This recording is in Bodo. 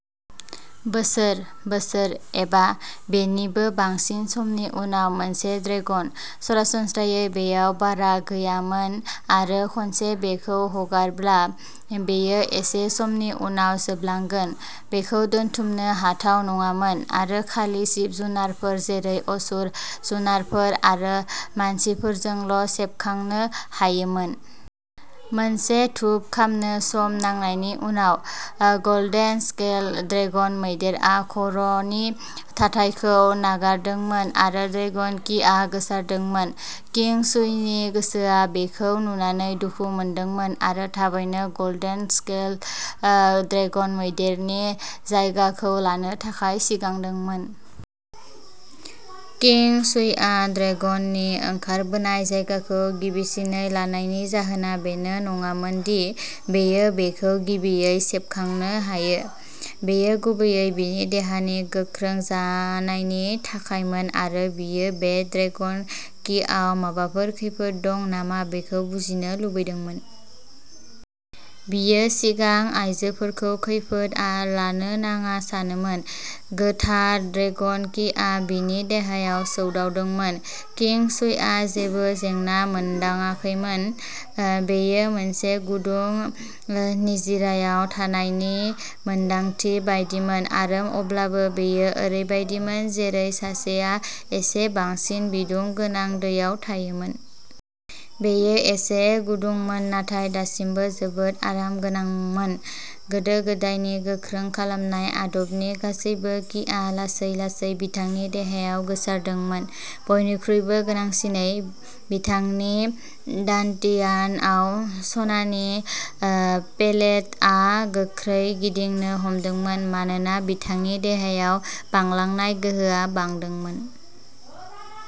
, बोसोर, बोसोर, एबा बेनिबो बांसिन समनि उनाव मोनसे ड्रेगन। सरासनस्रायै बेयाव बारा गैयामोन आरो खनसे बेखौ हगारब्ला, बेयो एसे समनि उनाव जोबलांगोन। बेखौ दोनथुमनो हाथाव नङामोन आरो खालि जिब-जुनारफोर जेरै आसुर जुनारफोर आरो मानसिफोरजोंल'सेबखांनो हायोमोन। मोनसे धूप खामनो सम नांनायनि उनाव, गल्डेन स्केल्ड ड्रेगन मैदेरआ खर'नि थाथायखौ नागारदोंमोन आरो ड्रेगन किआ गोसारदोंमोन। किं शुईनि गोसोआ बेखौ नुनानै दुखु मोनदोंमोन आरो थाबैनो गल्डेन स्केल्ड आ ड्रेगन मैदेरनि जायगाखौ लानो थाखाय सिगांदोंमोन। किं शुईआ ड्रेगननि ओंखारबोनाय जायगाखौ गिबिसिनै लानायनि जाहोना बेनो नङामोन दि बियो बेखौ गिबियै सेबखांनो हायो। बेयो गुबैयै बिनि देहानि गोख्रों जानायनि थाखायमोन आरो बियो बे ड्रेगन किआव माबाफोर खैफोद दं नामा बेखौ बुजिनो लुबैदोंमोन। बियो सिगां आयजोफोरखौ खैफोद लानो नाङा सानोमोन। गोथार ड्रेगन किआ बिनि देहायाव सौदावदोंमोन। किं शुईआ जेबो जेंना मोनदांयाखैमोन। बेयो मोनसे गुदुं निजिरायाव थानायनि मोनदांथि बायदिमोन आरो अब्लाबो बेयो ओरैबायदिमोन जेरै सासेआ एसे बांसिन बिदुं गोनां दैयाव थायोमोन। बेयो एसे गुदुंमोन नाथाय दासिमबो जोबोद आरामगोनांमोन। गोदो गोदायनि गोख्रों खालामनाय आदबनि गासैबो किआ लासै-लासै बिथांनि देहायाव गोसारदोंमोन। बयनिख्रुइबो गोनांसिनै, बिथांनि दान्टियानआव सनानि आ पेलेटआ गोख्रै गिदिंनो हमदोंमोन मानोना बिथांनि देहायाव बांलांनाय गोहोआ बांदोंमोन।